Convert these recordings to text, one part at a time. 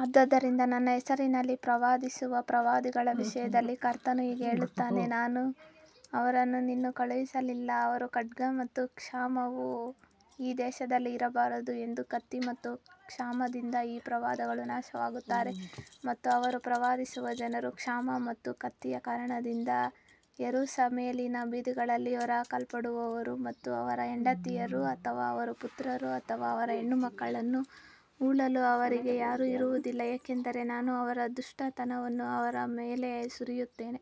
ಆದದರಿಂದ ನನ್ನ ಹೆಸರಿನಲ್ಲಿ ಪ್ರವಾದಿಸುವ ಪ್ರವಾದಿಗಳ ವಿಷಯದಲ್ಲಿ ಕರ್ತನು ಹೀಗೆ ಹೇಳುತ್ತಾನೆ ಮತ್ತು ನಾನು ಅವರನ್ನು ಇನ್ನೂ ಕಳುಹಿಸಲಿಲ್ಲ ಅವರು ಖಡ್ಗ ಮತ್ತು ಕ್ಷಾಮವು ಈ ದೇಶದಲ್ಲಿ ಇರಬಾರದು ಎಂದು ಕತ್ತಿ ಮತ್ತು ಕ್ಷಾಮದಿಂದ ಆ ಪ್ರವಾದಿಗಳು ನಾಶವಾಗುತ್ತಾರೆ. ಮತ್ತು ಅವರು ಪ್ರವಾದಿಸುವ ಜನರು ಕ್ಷಾಮ ಮತ್ತು ಕತ್ತಿಯ ಕಾರಣದಿಂದಾಗಿ ಯೆರೂಸಲೇಮಿನ ಬೀದಿಗಳಲ್ಲಿ ಹೊರಹಾಕಲ್ಪಡುವರು ಮತ್ತು ಅವರ ಹೆಂಡತಿಯರು ಅಥವಾ ಅವರ ಪುತ್ರರು ಅಥವಾ ಅವರ ಹೆಣ್ಣುಮಕ್ಕಳನ್ನು ಹೂಳಲು ಅವರಿಗೆ ಯಾರೂ ಇರುವುದಿಲ್ಲ ಏಕೆಂದರೆ ನಾನು ಅವರ ದುಷ್ಟತನವನ್ನು ಅವರ ಮೇಲೆ ಸುರಿಯುತ್ತೇನೆ.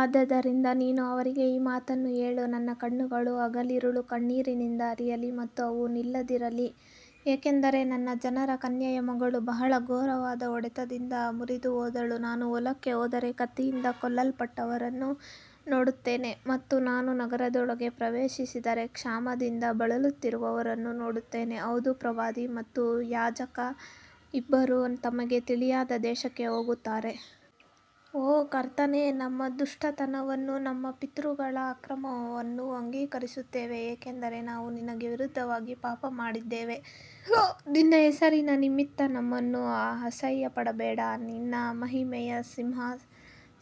ಆದದರಿಂದ ನೀನು ಅವರಿಗೆ ಈ ಮಾತನ್ನು ಹೇಳು ನನ್ನ ಕಣ್ಣುಗಳು ಹಗಲಿರುಳು ಕಣ್ಣೀರಿನಿಂದ ಹರಿಯಲಿ ಮತ್ತು ಅವು ನಿಲ್ಲದಿರಲಿ ಏಕೆಂದರೆ ನನ್ನ ಜನರ ಕನ್ಯೆಯ ಮಗಳು ಬಹಳ ಘೋರವಾದ ಹೊಡೆತದಿಂದ ಮುರಿದುಹೋದಳು. ನಾನು ಹೊಲಕ್ಕೆ ಹೋದರೆ ಕತ್ತಿಯಿಂದ ಕೊಲ್ಲಲ್ಪಟ್ಟವರನ್ನು ನೋಡುತ್ತೇನೆ ಮತ್ತು ನಾನು ನಗರದೊಳಗೆ ಪ್ರವೇಶಿಸಿದರೆ ಕ್ಷಾಮದಿಂದ ಬಳಲುತ್ತಿರುವವರನ್ನು ನೋಡುತ್ತೇನೆ ಹೌದು ಪ್ರವಾದಿ ಮತ್ತು ಯಾಜಕ ಇಬ್ಬರೂ ತಮಗೆ ತಿಳಿಯದ ದೇಶಕ್ಕೆ ಹೋಗುತ್ತಾರೆ. ಓ ಕರ್ತನೇ ನಮ್ಮ ದುಷ್ಟತನವನ್ನೂ ನಮ್ಮ ಪಿತೃಗಳ ಅಕ್ರಮವನ್ನೂ ಅಂಗೀಕರಿಸುತ್ತೇವೆ ಏಕೆಂದರೆ ನಾವು ನಿನಗೆ ವಿರುದ್ಧವಾಗಿ ಪಾಪಮಾಡಿದ್ದೇವೆ. ನಿನ್ನ ಹೆಸರಿನ ನಿಮಿತ್ತ ನಮ್ಮನ್ನು ಅಸಹ್ಯಪಡಬೇಡ ನಿನ್ನ ಮಹಿಮೆಯ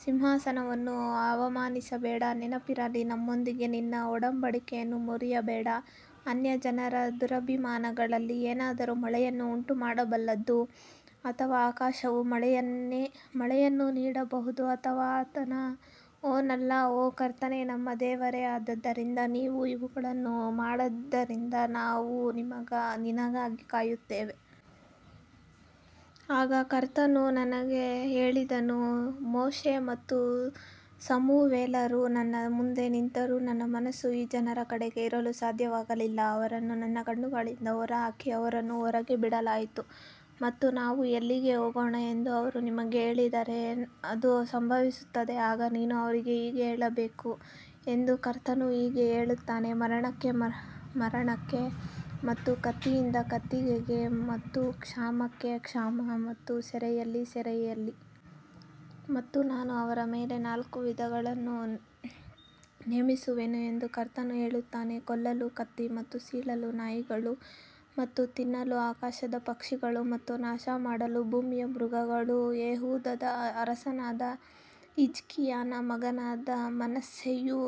ಸಿಂಹಾಸನವನ್ನು ಅವಮಾನಿಸಬೇಡ ನೆನಪಿರಲಿ ನಮ್ಮೊಂದಿಗೆ ನಿನ್ನ ಒಡಂಬಡಿಕೆಯನ್ನು ಮುರಿಯಬೇಡ. ಅನ್ಯಜನರ ದುರಭಿಮಾನಗಳಲ್ಲಿ ಏನಾದರೂ ಮಳೆಯನ್ನು ಉಂಟುಮಾಡಬಲ್ಲದು ಅಥವಾ ಆಕಾಶವು ಮಳೆಯನ್ನು ನೀಡಬಹುದೇ ಅಥವಾ ಆತನು ನೀನಲ್ಲ ಓ ಕರ್ತನೇ ನಮ್ಮ ದೇವರೇ ಆದ್ದರಿಂದ ನೀನು ಇವುಗಳನ್ನು ಮಾಡಿದ್ದರಿಂದ ನಾವು ನಿನಗಾಗಿ ಕಾಯುತ್ತೇವೆ. ಆಗ ಕರ್ತನು ನನಗೆ ಹೇಳಿದನು ಮೋಶೆ ಮತ್ತು ಸಮುವೇಲರು ನನ್ನ ಮುಂದೆ ನಿಂತರೂ ನನ್ನ ಮನಸ್ಸು ಈ ಜನರ ಕಡೆಗೆ ಇರಲು ಸಾಧ್ಯವಾಗಲಿಲ್ಲ ಅವರನ್ನು ನನ್ನ ಕಣ್ಣುಗಳಿಂದ ಹೊರಹಾಕಿ ಅವರನ್ನು ಹೊರಗೆ ಬಿಡಲಾಯಿತು. ಮತ್ತು ನಾವು ಎಲ್ಲಿಗೆ ಹೋಗೋಣ ಎಂದು ಅವರು ನಿಮಗೆ ಹೇಳಿದರೆ ಅದು ಸಂಭವಿಸುತ್ತದೆ ಆಗ ನೀನು ಅವರಿಗೆ ಹೀಗೆ ಹೇಳಬೇಕು ಎಂದು ಕರ್ತನು ಹೀಗೆ ಹೇಳುತ್ತಾನೆ ಮರಣಕ್ಕೆ ಮರಣಕ್ಕೆ ಮತ್ತು ಕತ್ತಿಯಿಂದ ಕತ್ತಿಗೆ ಮತ್ತು ಕ್ಷಾಮಕ್ಕೆ ಕ್ಷಾಮ ಮತ್ತು ಸೆರೆಯಲ್ಲಿ ಸೆರೆಯಲ್ಲಿ. ಮತ್ತು ನಾನು ಅವರ ಮೇಲೆ ನಾಲ್ಕು ವಿಧಗಳನ್ನು ನೇಮಿಸುವೆನು ಎಂದು ಕರ್ತನು ಹೇಳುತ್ತಾನೆ ಕೊಲ್ಲಲು ಕತ್ತಿ ಮತ್ತು ಸೀಳಲು ನಾಯಿಗಳು ಮತ್ತು ತಿನ್ನಲು ಆಕಾಶದ ಪಕ್ಷಿಗಳು ಮತ್ತು ನಾಶಮಾಡಲು ಭೂಮಿಯ ಮೃಗಗಳು. ಯೆಹೂದದ ಅರಸನಾದ ಹಿಜ್ಕೀಯನ ಮಗನಾದ ಮನಸ್ಸೆಯು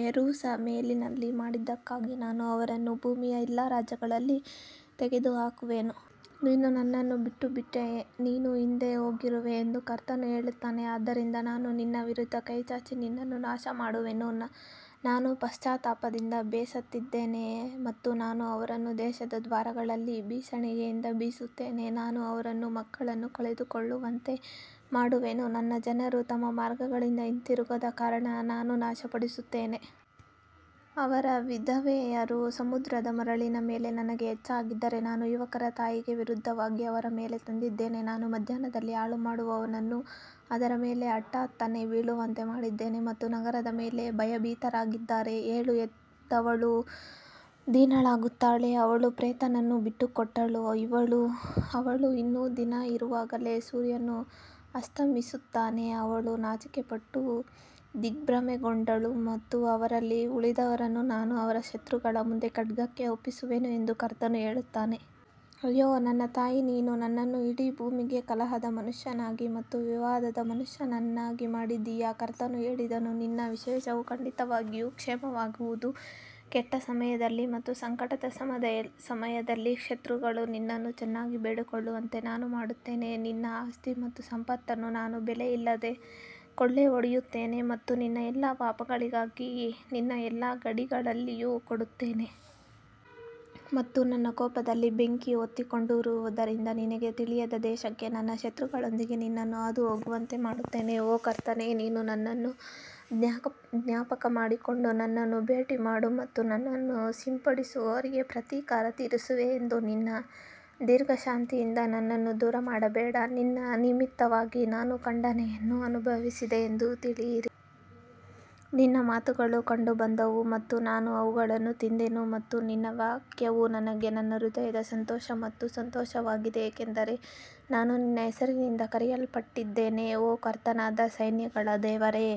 ಯೆರೂಸಲೇಮಿನಲ್ಲಿ ಮಾಡಿದ್ದಕ್ಕಾಗಿ ನಾನು ಅವರನ್ನು ಭೂಮಿಯ ಎಲ್ಲಾ ರಾಜ್ಯಗಳಲ್ಲಿ ತೆಗೆದುಹಾಕುವೆನು. ನೀನು ನನ್ನನ್ನು ಬಿಟ್ಟುಬಿಟ್ಟೆ ನೀನು ಹಿಂದೆ ಹೋಗಿರುವೆ ಎಂದು ಕರ್ತನು ಹೇಳುತ್ತಾನೆ ಆದ್ದರಿಂದ ನಾನು ನಿನ್ನ ವಿರುದ್ಧ ಕೈ ಚಾಚಿ ನಿನ್ನನ್ನು ನಾಶಮಾಡುವೆನು ನಾನು ಪಶ್ಚಾತ್ತಾಪದಿಂದ ಬೇಸತ್ತಿದ್ದೇನೆ. ಮತ್ತು ನಾನು ಅವರನ್ನು ದೇಶದ ದ್ವಾರಗಳಲ್ಲಿ ಬೀಸಣಿಗೆಯಿಂದ ಬೀಸುತ್ತೇನೆ ನಾನು ಅವರನ್ನು ಮಕ್ಕಳನ್ನು ಕಳೆದುಕೊಳ್ಳುವಂತೆ ಮಾಡುವೆನು ನನ್ನ ಜನರು ತಮ್ಮ ಮಾರ್ಗಗಳಿಂದ ಹಿಂತಿರುಗದ ಕಾರಣ ನಾನು ನಾಶಪಡಿಸುತ್ತೇನೆ. ಅವರ ವಿಧವೆಯರು ಸಮುದ್ರದ ಮರಳಿನ ಮೇಲೆ ನನಗೆ ಹೆಚ್ಚಾಗಿದ್ದಾರೆ ನಾನು ಯುವಕರ ತಾಯಿಗೆ ವಿರುದ್ಧವಾಗಿ ಅವರ ಮೇಲೆ ತಂದಿದ್ದೇನೆ ನಾನು ಮಧ್ಯಾಹ್ನದಲ್ಲಿ ಹಾಳುಮಾಡುವವನನ್ನು ಅದರ ಮೇಲೆ ಹಠಾತ್ತನೆ ಬೀಳುವಂತೆ ಮಾಡಿದ್ದೇನೆ ಮತ್ತು ನಗರದ ಮೇಲೆ ಭಯಭೀತರಾಗಿದ್ದಾರೆ. ಏಳು ಹೆತ್ತವಳು ದೀನಳಾಗುತ್ತಾಳೆ ಅವಳು ಪ್ರೇತವನ್ನು ಬಿಟ್ಟುಕೊಟ್ಟಳು ಅವಳು ಇನ್ನೂ ದಿನ ಇರುವಾಗಲೇ ಸೂರ್ಯನು ಅಸ್ತಮಿಸುತ್ತಾನೆ ಅವಳು ನಾಚಿಕೆಪಟ್ಟು ದಿಗ್ಭ್ರಮೆಗೊಂಡಳು ಮತ್ತು ಅವರಲ್ಲಿ ಉಳಿದವರನ್ನು ನಾನು ಅವರ ಶತ್ರುಗಳ ಮುಂದೆ ಖಡ್ಗಕ್ಕೆ ಒಪ್ಪಿಸುವೆನು ಎಂದು ಕರ್ತನು ಹೇಳುತ್ತಾನೆ. ಅಯ್ಯೋ ನನ್ನ ತಾಯಿ ನೀನು ನನ್ನನ್ನು ಇಡೀ ಭೂಮಿಗೆ ಕಲಹದ ಮನುಷ್ಯನಾಗಿ ಮತ್ತು ವಿವಾದದ ಮನುಷ್ಯನನ್ನಾಗಿ ಮಾಡಿದೀಯಾ ಕರ್ತನು ಹೇಳಿದನು ನಿನ್ನ ಶೇಷವು ಖಂಡಿತವಾಗಿಯೂ ಕ್ಷೇಮವಾಗುವುದು ಕೆಟ್ಟ ಸಮಯದಲ್ಲಿ ಮತ್ತು ಸಂಕಟದ ಸಮಯದಲ್ಲಿ ಶತ್ರುಗಳು ನಿನ್ನನ್ನು ಚೆನ್ನಾಗಿ ಬೇಡಿಕೊಳ್ಳುವಂತೆ ನಾನು ಮಾಡುತ್ತೇನೆ. ನಿನ್ನ ಆಸ್ತಿ ಮತ್ತು ಸಂಪತ್ತನ್ನು ನಾನು ಬೆಲೆಯಿಲ್ಲದೆ ಕೊಳ್ಳೆಹೊಡೆಯುತ್ತೇನೆ ಮತ್ತು ನಿನ್ನ ಎಲ್ಲಾ ಪಾಪಗಳಿಗಾಗಿ ನಿನ್ನ ಎಲ್ಲಾ ಗಡಿಗಳಲ್ಲಿಯೂ ಕೊಡುತ್ತೇನೆ. ಮತ್ತು ನನ್ನ ಕೋಪದಲ್ಲಿ ಬೆಂಕಿ ಹೊತ್ತಿಕೊಂಡಿರುವುದರಿಂದ ನಿನಗೆ ತಿಳಿಯದ ದೇಶಕ್ಕೆ ನಿನ್ನ ಶತ್ರುಗಳೊಂದಿಗೆ ನಿನ್ನನ್ನು ಹಾದುಹೋಗುವಂತೆ ಮಾಡುತ್ತೇನೆ. ಓ ಕರ್ತನೇ ನೀನು ನನ್ನನ್ನು ಜ್ಞಾಪಕಮಾಡಿಕೊಂಡು ನನ್ನನ್ನು ಭೇಟಿಮಾಡು ಮತ್ತು ನನ್ನನ್ನು ಹಿಂಸಿಸುವವರಿಗೆ ಪ್ರತೀಕಾರ ತೀರಿಸುವೆ ಎಂದು ನಿನ್ನ ದೀರ್ಘಶಾಂತಿಯಿಂದ ನನ್ನನ್ನು ದೂರಮಾಡಬೇಡ ನಿನ್ನ ನಿಮಿತ್ತವಾಗಿ ನಾನು ಖಂಡನೆಯನ್ನು ಅನುಭವಿಸಿದೆ ಎಂದು ತಿಳಿಯಿರಿ. ನಿನ್ನ ಮಾತುಗಳು ಕಂಡುಬಂದವು ಮತ್ತು ನಾನು ಅವುಗಳನ್ನು ತಿಂದೆನು ಮತ್ತು ನಿನ್ನ ವಾಕ್ಯವು ನನಗೆ ನನ್ನ ಹೃದಯದ ಸಂತೋಷ ಮತ್ತು ಸಂತೋಷವಾಗಿದೆ ಏಕೆಂದರೆ ನಾನು ನಿನ್ನ ಹೆಸರಿನಿಂದ ಕರೆಯಲ್ಪಟ್ಟಿದ್ದೇನೆ ಓ ಕರ್ತನಾದ ಸೈನ್ಯಗಳ ದೇವರೇ.